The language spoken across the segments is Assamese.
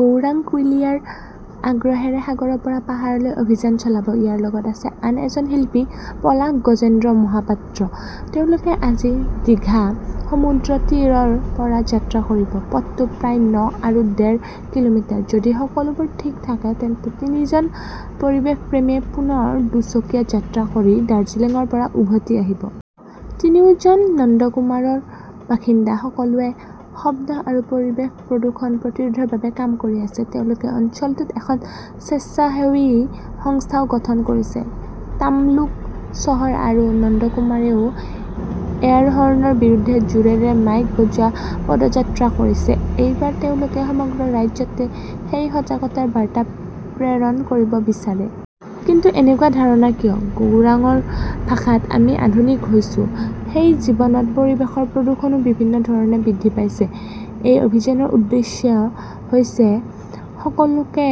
গৌৰাং কুইলিয়াৰ আগ্ৰহেৰে সাগৰৰ পৰা পাহাৰলৈ অভিযান চলাব। ইয়াৰ লগত আছে আন এজন শিল্পী পলাশ গজেন্দ্ৰ মহাপাত্ৰ। তেওঁলোকে আজি, দিঘা সমুদ্ৰতীৰৰ পৰা যাত্ৰা কৰিব। পথটো প্ৰায় ন আৰু ডেৰ কিলোমিটাৰ। যদি সকলোবোৰ ঠিক থাকে, তেন্তে তিনিজন পৰিৱেশপ্ৰেমীয়ে পুনৰ দুচকীয়া যাত্ৰা কৰি দাৰ্জিলিংৰ পৰা উভতি আহিব। তিনিওজন নন্দকুমাৰৰ বাসিন্দা। সকলোৱে শব্দ আৰু পৰিৱেশ প্ৰদূষণ প্ৰতিৰোধৰ বাবে কাম কৰি আছে। তেওঁলোকে অঞ্চলটোত এখন স্বেচ্ছাসেৱী সংস্থাও গঠন কৰিছে। তাম্লুক চহৰ আৰু নন্দকুমাৰেও এয়াৰহৰ্নৰ বিৰুদ্ধে জোৰেৰে মাইক বজোৱা পদযাত্ৰা কৰিছে। এইবাৰ তেওঁলোকে সমগ্ৰ ৰাজ্যতে সেই সজাগতাৰ বাৰ্তা প্ৰেৰণ কৰিব বিচাৰে। কিন্তু এনেকুৱা ধাৰণা কিয়? গৌৰাংৰ ভাষাত, 'আমি আধুনিক হৈছো। সেই জীৱনত পৰিৱেশৰ প্ৰদূষণও বিভিন্ন ধৰণে বৃদ্ধি পাইছে। এই অভিযানৰ উদ্দেশ্য হৈছে সকলোকে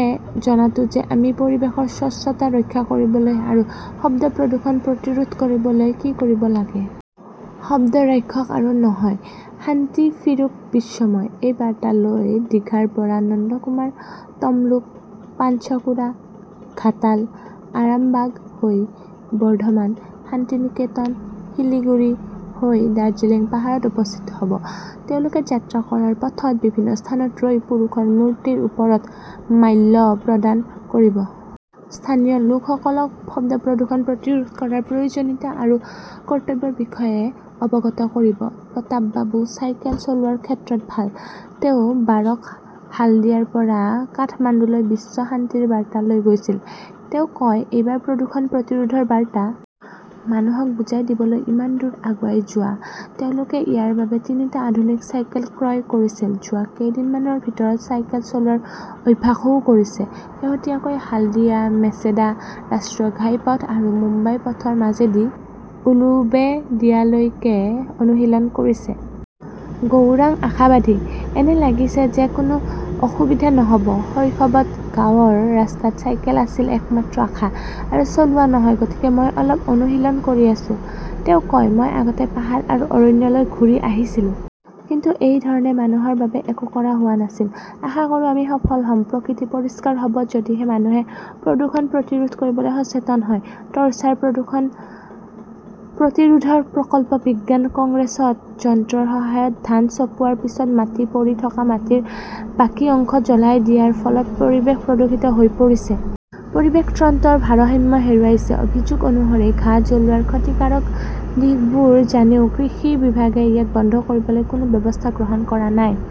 জনাটো যে আমি পৰিৱেশৰ স্বচ্ছতা ৰক্ষা কৰিবলৈ আৰু শব্দ প্ৰদূষণ প্ৰতিৰোধ কৰিবলৈ কি কৰিব লাগে। 'শব্দ ৰাক্ষস আৰু নহয়, শান্তি ফিৰুক বিশ্বময়'-এই বাৰ্তা লৈ দীঘাৰ পৰা নন্দকুমাৰ, তমলুক, পাঞ্চকুৰা, ঘাটাল, আৰামবাগ হৈ বৰ্ধমান, শান্তিনিকেতন, শিলিগুৰি হৈ দাৰ্জিলিং পাহাৰত উপস্থিত হ'ব। তেওঁলোকে যাত্ৰা কৰাৰ পথত বিভিন্ন স্থানত ৰৈ পুৰুষৰ মূৰ্তিৰ ওপৰত মাল্য প্ৰদান কৰিব। স্থানীয় লোকসকলক শব্দ প্ৰদূষণ প্ৰতিৰোধ কৰাৰ প্ৰয়োজনীয়তা আৰু কৰ্তব্যৰ বিষয়ে অৱগত কৰিব। প্ৰতাপ বাবু চাইকেল চলোৱাৰ ক্ষেত্ৰত ভাল। তেওঁ বাৰক হালদিয়াৰ পৰা কাঠমাণ্ডুলৈ বিশ্ব শান্তিৰ বাৰ্তা লৈ গৈছিল। তেওঁ কয়, 'এইবাৰ প্ৰদূষণ প্ৰতিৰোধৰ বাৰ্তা। মানুহক বুজাই দিবলৈ ইমান দূৰ আগুৱাই যোৱা। তেওঁলোকে ইয়াৰ বাবে তিনিটা আধুনিক চাইকেল ক্ৰয় কৰিছিল। যোৱা কেইদিনমানৰ ভিতৰত চাইকেল চলোৱাৰ অভ্যাসও কৰিছে। শেহতীয়াকৈ হালদিয়া-মেচেদা ৰাষ্ট্ৰীয় ঘাইপথ আৰু মুম্বাই পথৰ মাজেৰে উলুবেদিয়ালৈকে অনুশীলন কৰিছে। গৌৰাং আশাবাদী, 'এনে লাগিছে যে কোনো অসুবিধা নহ' ব। শৈশৱত গাঁৱৰ ৰাস্তাত চাইকেল আছিল একমাত্ৰ আশা। আৰু চলোৱা নহয়। গতিকে মই অলপ অনুশীলন কৰি আছোঁ। তেওঁ কয়, 'মই আগতে পাহাৰ আৰু অৰণ্যলৈ ঘূৰি আহিছিলো। কিন্তু এই ধৰণে মানুহৰ বাবে একো কৰা হোৱা নাছিল। আশা কৰোঁ আমি সফল হ'ম। প্ৰকৃতি পৰিষ্কাৰ হ 'ব যদিহে মানুহে প্ৰদূষণ প্ৰতিৰোধ কৰিবলৈ সচেতন হয়। টৰ্চাৰ প্ৰদূষণ প্ৰতিৰোধৰ প্ৰকল্প বিজ্ঞান কংগ্ৰেছত যন্ত্ৰৰ সহায়ত ধান চপোৱাৰ পিছত মাটিত পৰি থকা মাটিৰ বাকী অংশ জ্বলাই দিয়াৰ ফলত পৰিৱেশ প্ৰদূষিত হৈ পৰিছে। পৰিৱেশ তন্ত্ৰৰ ভাৰসাম্য হেৰুৱাইছে। অভিযোগ অনুসৰি, ঘাঁহ জ্বলোৱাৰ ক্ষতিকাৰক দিশবোৰ জানিও কৃষি বিভাগে ইয়াক বন্ধ কৰিবলৈ কোনো ব্যৱস্থা গ্ৰহণ কৰা নাই।